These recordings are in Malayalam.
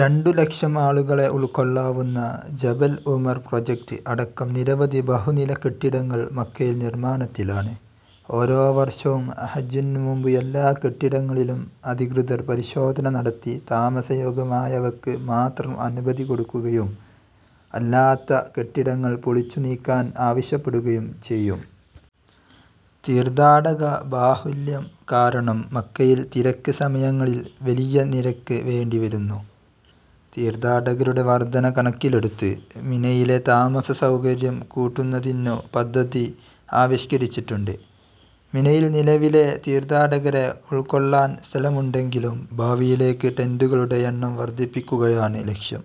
രണ്ടു ലക്ഷം ആളുകളെ ഉൾക്കൊള്ളാവുന്ന ജബൽ ഉമർ പ്രൊജക്റ്റ് അടക്കം നിരവധി ബഹുനില കെട്ടിടങ്ങൾ മക്കയിൽ നിർമ്മാണത്തിലാണ്.. ഓരോ വർഷവും ഹജ്ജിനു മുമ്പ് എല്ലാ കെട്ടിടങ്ങളിലും അധികൃതർ പരിശോധന നടത്തി താമസ യോഗ്യമായവക്ക് മാത്രം അനുമതി കൊടുക്കുകയും അല്ലാത്ത കെട്ടിടങ്ങൾ പൊളിച്ചു നീക്കാൻ ആവശ്യപ്പെടുകയും ചെയ്യും. തീർത്ഥാടക ബാഹുല്യം കാരണം മക്കയിൽ തിരക്ക് സമയങ്ങളിൽ വലിയ നിരക്ക് വേണ്ടി വരുന്നു. തീർത്ഥാടകരുടെ വർധന കണക്കിലെടുത്ത് മിനയിലെ താമസ സൗകര്യം കൂട്ടുന്നത്തിനു പദ്ധതി ആവിഷ്കരിച്ചിട്ടുണ്ട്. മിനയിൽ നിലവിലെ തീർത്ഥാടകരെ ഉൾക്കൊള്ളാൻ സ്ഥലമുണ്ടെങ്കിലും ഭാവിയിലേക്ക് ടെന്റുകളുടെ എണ്ണം വർധിപ്പിക്കുകയാണ് ലക്ഷ്യം.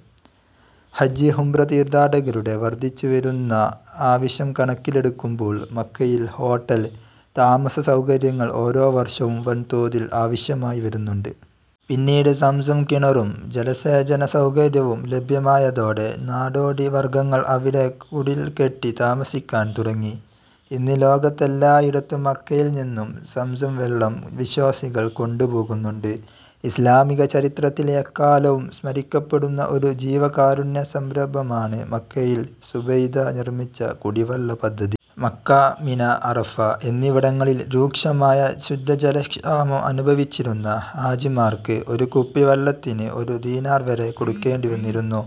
ഹജ്ജ്, ഉംറ തീർത്ഥാടകരുടെ വർധിച്ചുവരുന്ന ആവശ്യം കണക്കിലെടുക്കുമ്പോൾ മക്കയിൽ ഹോട്ടൽ, താമസ സൗകര്യങ്ങൾ ഓരോ വർഷവും വൻതോതിൽ ആവശ്യമായി വരുന്നുണ്ട്. പിന്നീട് സംസം കിണറും ജലസേചന സൗകര്യവും ലഭ്യമായതോടെ നാടോടി വർഗങ്ങൾ അവിടെ കുടിൽകെട്ടി താമസിക്കാൻ തുടങ്ങി. ഇന്ന് ലോകത്തെല്ലായിടത്തും മക്കയിൽ നിന്നും സംസം വെള്ളം വിശ്വാസികൾ കൊണ്ട് പോകുന്നുണ്ട്. ഇസ്ലാമിക ചരിത്രത്തിൽ എക്കാലവും സ്മരിക്കപ്പെടുന്ന ഒരു ജീവകാരുണ്യ സംരംഭമാണ് മക്കയിൽ സുബൈദ നിർമിച്ച കുടിവെള്ള പദ്ധതി. മക്ക, മിന, അറഫ എന്നിവിടങ്ങളിൽ രൂക്ഷമായ ശുദ്ധജല ക്ഷാമം അനുഭവിച്ചിരുന്ന ഹാജിമാർക്ക് ഒരു കുപ്പി വെള്ളത്തിന് ഒരു ദിനാർ വരെ കൊടുക്കേണ്ടിവന്നിരുന്നു.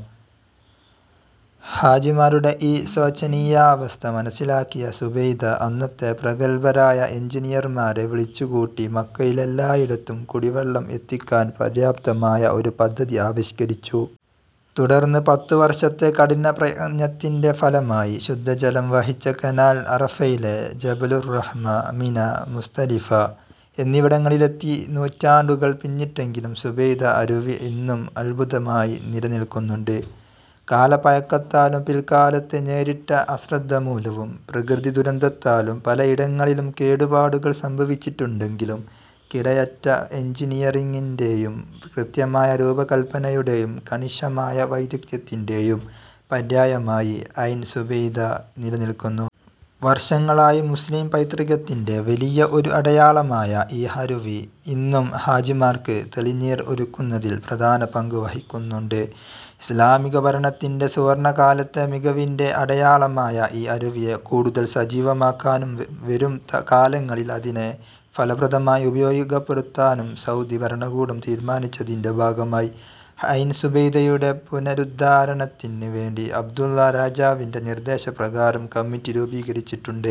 ഹാജിമാരുടെ ഈ ശോചനീയാവസ്ഥ മനസ്സിലാക്കിയ സുബൈദ അന്നത്തെ പ്രഗല്ഭരായ എഞ്ചിനീയർമാരെ വിളിച്ചുകൂട്ടി മക്കയിൽ എല്ലായിടത്തും കുടിവെള്ളം എത്തിക്കാൻ പര്യാപ്തമായ ഒരു പദ്ധതി ആവിഷ്കരിച്ചു. തുടർന്ന് പത്തു വർഷത്തെ കഠിന പ്രയത്നത്തിന്റെ ഫലമായി ശുദ്ധജലം വഹിച്ച കനാൽ അറഫയിലെ ജബലുർറഹ്മ, മിന, മുസ്ദലിഫ എന്നിവിടങ്ങളിലെത്തിനൂറ്റാണ്ടുകൾ പിന്നിട്ടെങ്കിലും സുബൈദ അരുവി ഇന്നും അൽഭുതമായി നില നിൽക്കുന്നുണ്ട്. കാലപ്പഴക്കത്താലും പിൽകാലത്ത് നേരിട്ട അശ്രദ്ധമൂലവും, പ്രകൃതി ദുരന്തത്താലും, പലഇടങ്ങളിലും കേടുപാടുകൾ സംഭവിച്ചിട്ടുണ്ടെങ്കിലും കിടയറ്റ എഞ്ചീനീയറിങ്ങിൻറെയും കൃത്യമായ രൂപകൽപനയുടെയും കണിശമായ വൈദഗ്ദ്യത്തിൻറെയും പര്യായമായി ഐൻ സുബൈദ നില നിൽക്കുന്നു. വർഷങ്ങളായി, മുസ്ലിം പൈതൃകത്തിൻറെ വലിയ ഒരു അടയാളമായ ഈ അരുവി ഇന്നും ഹാജിമാർക്ക് തെളിനീർ ഒരുക്കുന്നതിൽ പ്രധാന പങ്ക് വഹിക്കുന്നുണ്ട്. ഇസ്ലാമിക ഭരണത്തിൻറെ സുവർണ്ണകാലത്തെ മികവിൻറെ അടയാളമായ ഈ അരുവിയെ കൂടുതൽ സജീവമക്കാനും വരും കാലങ്ങളിൽ അതിനെ ഫലപ്രദമായി ഉപയോഗപ്പെടുത്താനും സൗദി ഭരണകൂടം തീരുമാനിച്ചതിന്റെ ഭാഗമായി ഐൻ സുബൈദയുടെ പുനരുദ്ധാരണത്തിന് വേണ്ടി അബ്ദുല്ല രാജാവിന്റെ നിർദ്ദേശ പ്രകാരം കമ്മിറ്റി രൂപീകരിച്ചിട്ടുണ്ട്.